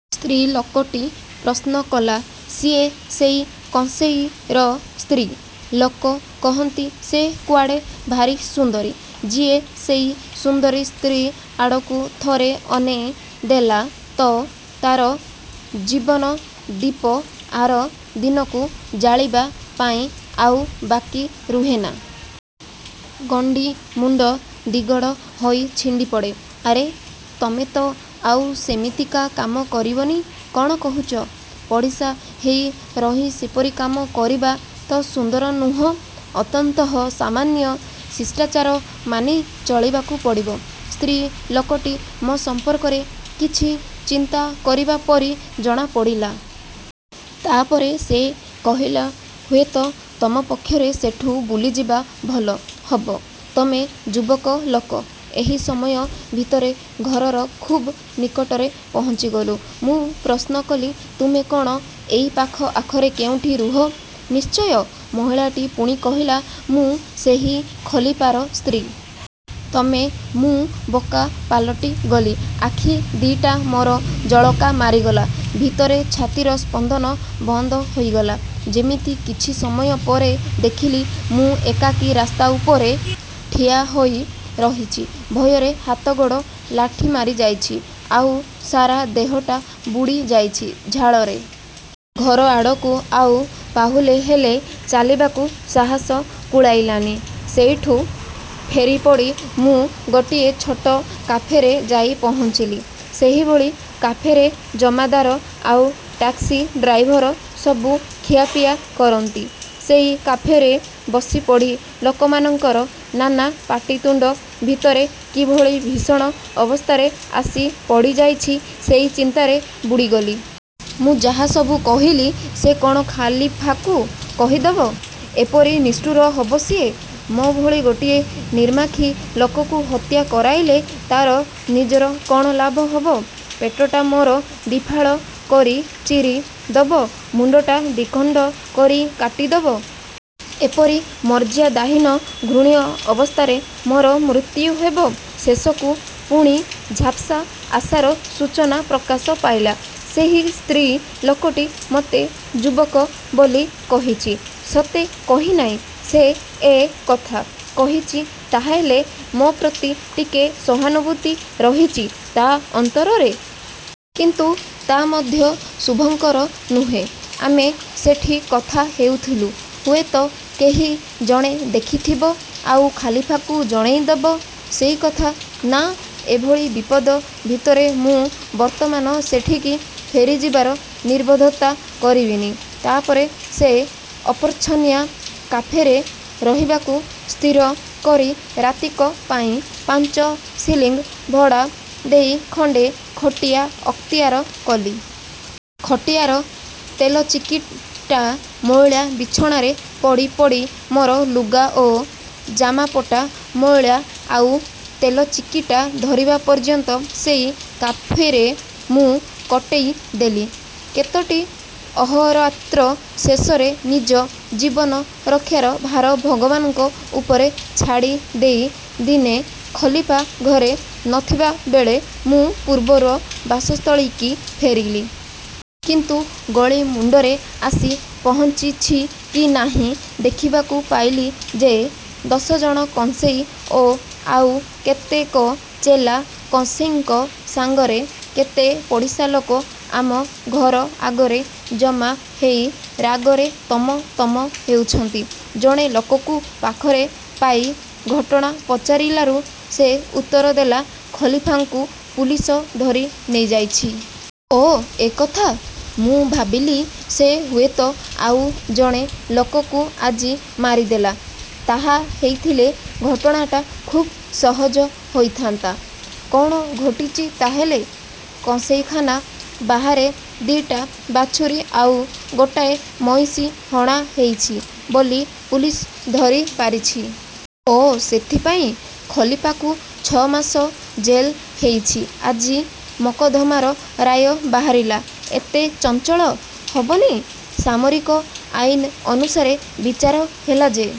" ସ୍ତ୍ରୀ ଲୋକଟି ପ୍ରଶ୍ନ କଲା। "ସିଏ ସେଇ କଂସେଇର ସ୍ତ୍ରୀ। ଲୋକ କହନ୍ତି ସିଏ କୁଆଡ଼େ ଭାରି ସୁନ୍ଦରୀ। ଯିଏ ସେଇ ସୁନ୍ଦରୀ ସ୍ତ୍ରୀ ଆଡ଼କୁ ଥରେ ଅନେଇ ଦେଲା ତ, ତା'ର ଜୀବନ-ଦୀପ ଆର ଦିନକୁ ଜାଳିବା ପାଇଁ ଆଉ ବାକି ରୁହେନା। ଗଣ୍ଡି ମୁଣ୍ଡ ଦିଗଡ଼ ହୋଇ ଛିଣ୍ଡି ପଡ଼େ। " "ଆରେ, ତମେ ତ ଆଉ ସେମିତିକା କାମ କରିବନି, କ'ଣ କହୁଚ? " "ପଡ଼ିଶା ହେଇ ରହି ସେପରି କାମ କରିବା ତ ସୁନ୍ଦର ନୁହଁ। ଅନ୍ତତଃ ସାମାନ୍ୟ ଶିଷ୍ଟାଚାର ମାନି ଚଳିବାକୁ ପଡ଼ିବ। " ସ୍ତ୍ରୀ ଲୋକଟି ମୋ ସମ୍ପର୍କରେ କିଛି ଚିନ୍ତା କରିବା ପରି ଜଣାପଡ଼ିଲା। ତା'ପରେ ସେ କହିଲା। "ହୁଏତ ତମ ପକ୍ଷରେ ସେଠୁ ବୁଲିଯିବା ଭଲ ହବ। ତମେ ଯୁବକ ଲୋକ। " ଏହି ସମୟ ଭିତରେ ଘରର ଖୁବ୍ ନିକଟରେ ପହଞ୍ଚିଗଲୁ। ମୁଁ ପ୍ରଶ୍ନ କଲି। "ତୁମେ କଣ ଏଇ ପାଖ ଆଖରେ କେଉଁଠି ରୁହ? "ନିଶ୍ଚୟ। " ମହିଳାଟି ପୁଣି କହିଲା, "ମୁଁ ସେଇ ଖଲିପାର ସ୍ତ୍ରୀ। " "ତମେ! " ମୁଁ ବୋକା ପାଲଟିଗଲି। ଆଖି ଦିଟା ମୋର ଜଳକା ମାରିଗଲା। ଭିତରେ ଛାତିର ସ୍ପନ୍ଦନ ବନ୍ଦ ହୋଇଗଲା ଯେମିତି... କିଛି ସମୟ ପରେ ଦେଖିଲି, ମୁଁ ଏକାକୀ ରାସ୍ତା ଉପରେ ଠିଆ ହୋଇ ରହିଛି। ଭୟରେ ହାତଗୋଡ଼ ଲାଠି ମାରିଯାଇଚି, ଆଉ ସାରା ଦେହଟା ବୁଡ଼ିଯାଇଛି ଝାଳରେ। ଘରଆଡ଼କୁ ଆଉ ପାହୁଲେ ହେଲେ ଚାଲିବାକୁ ସାହସ କୁଳେଇଲାନି। ସେଇଠୁ ଫେରିପଡ଼ି ମୁଁ ଗୋଟିଏ ଛୋଟ କାଫେରେ ଯାଇ ପହଞ୍ଚିଲି। ସେହିଭଳି କାଫେରେ ଜମାଦାର ଆଉ ଟାକ୍ସି ଡ୍ରାଇଭର ସବୁ ଖିଆପିଆ କରନ୍ତି। ସେଇ କାଫେରେ ବସିପଡ଼ି ଲୋକମାନଙ୍କର ନାନା ପାଟିତୁଣ୍ଡ ଭିତରେ କିଭଳି ଭୀଷଣ ଅବସ୍ଥାରେ ଆସି ପଡ଼ିଯାଇଛି ସେଇ ଚିନ୍ତାରେ ବୁଡ଼ିଗଲି।... ମୁଁ ଯାହାସବୁ କହିଲି ସେ କଣ ଖଲିଫାକୁ କହିଦବ? ଏପରି ନିଷ୍ଠୁର ହବ ସିଏ? ମୋ ଭଳି ଗୋଟିଏ ନିର୍ମାଖୀ ଲୋକକୁ ହତ୍ୟା କରାଇଲେ ତାର ନିଜର କଣ ଲାଭ ହବ? ପେଟଟା ମୋର ଦିଫାଳ କରି ଚିରି ଦବ, ମୁଣ୍ଡଟା ଦିଖଣ୍ଡ କରି କାଟିଦବ... ଏହିପରି ମର୍ଯ୍ୟାଦାହୀନ ଘୃଣ୍ୟ ଅବସ୍ଥାରେ ମୋର ମୃତ୍ୟୁ ହେବ ଶେଷକୁ? ପୁଣି ଝାପ୍ସା ଆଶାର ସୂଚନା ପ୍ରକାଶ ପାଇଲା, ସେହି ସ୍ତ୍ରୀ ଲୋକଟି ମତେ ଯୁବକ ବୋଲି କହିଛି, ସତେ କହିନାହିଁ ସେ ଏ କଥା? କହିଛି, ତାହେଲେ, ମୋ ପ୍ରତି ଟିକେ ସହାନୁଭୂତି ରହିଛି ତା' ଅନ୍ତରରେ। କିନ୍ତୁ ତା ମଧ୍ୟ ଶୁଭଙ୍କର ନୁହେଁ। ଆମେ ସେଠି କଥା ହେଉଥିଲୁ, ହୁଏତ କେହି ଜଣେ ଦେଖିଥିବ, ଆଉ ଖଲିଫାକୁ ଜଣେଇ ଦବ ସେଇକଥା। ନା, ଏଭଳି ବିପଦ ଭିତରେ ମୁଁ ବର୍ତ୍ତମାନ ସେଠିକି ଫେରିଯିବାର ନିର୍ବୋଧତା କରିବିନି। ତାପରେ ସେଇ ଅପର୍ଛନିଆ କାଫେରେ ରହିବାକୁ ସ୍ଥିର କରି ରାତିକ ପାଇଁ ପାଞ୍ଚ ଶିଲିଂ ଭଡ଼ା ଦେଇ ଖଣ୍ଡେ ଖଟିଆ ଅକ୍ତିଆର କଲି। ଖଟିଆର ତେଲଚିକିଟା ମଇଳା ବିଛଣାରେ ପଡ଼ିପଡ଼ି ମୋର ଲୁଗା ଓ ଜାମାପଟା ମଇଳା ଆଉ ତେଲଚିକିଟା ଧରିବା ପର୍ଯ୍ୟନ୍ତ ସେଇ କାଫେରେ ମୁଁ କଟେଇ ଦେଲି କେତୋଟି ଅହୋରାତ୍ର। ଶେଷରେ ନିଜ ଜୀବନ ରକ୍ଷାର ଭାର ଭଗବାନଙ୍କ ଉପରେ ଛାଡ଼ି ଦେଇ ଦିନେ ଖଲିଫା ଘରେ ନଥିବା ବେଳେ ମୁଁ ପୂର୍ବର ବାସସ୍ଥଳୀକି ଫେରିଲି। କିନ୍ତୁ ଗଳି ମୁଣ୍ଡରେ ଆସି ପହଞ୍ଚିଛି କି ନାହିଁ, ଦେଖିବାକୁ ପାଇଲି ଯେ ଦଶଜଣ କଂସେଇ ଓ ଆଉ କେତେକ ଚେଲା କଂସେଇଙ୍କ ସାଙ୍ଗରେ କେତେ ପଡ଼ିଶାଲୋକ ଆମ ଘର ଆଗରେ ଜମା ହେଇ ରାଗରେ ତମ ତମ ହେଉଛନ୍ତି। ଜଣେ ଲୋକକୁ ପାଖରେ ପାଇ ଘଟଣା ପଚାରିଲାରୁ ସେ ଉତ୍ତର ଦେଲା, "ଖଲିଫାଙ୍କୁ ପୁଲିସ ଧରୁ ନେଇଯାଇଛି। " "ଓ... ଏ କଥା? ମୁଁ ଭାବିଲି, ସେ ହୁଏତ ଆଉ ଜଣେ ଲୋକକୁ ଆଜି ମାରିଦେଲା। " "ତା ହେଇଥିଲେ ଘଟଣାଟା ଖୁବ୍ ସହଜ ହେଇଥାନ୍ତା। " "କଣ ଘଟିଛି ତା ହେଲେ? " "କଂସେଇଖାନା। ବାହାରେ ଦିଟା ବାଛୁରି ଆଉ ଗୋଟାଏ ମଇଁଷି ହଣା ହେଇଛି ବୋଲି ପୁଲିସ ଧରି ପାରିଛି। " "ଓ! " "ସେଥିପାଇଁ ଖଲିଫାକୁ ଛ'ମାସ ଜେଲ ହେଇଛି। ଆଜି ମକଦ୍ଦମାର ରାୟ ବାହାରିଲା-। " "ଏତେ ଚଞ୍ଚଳ? " "ହବନି, ସାମରିକ ଆଇନ ଅନୁସାରେ ବିଚାର ହେଲା ଯେ।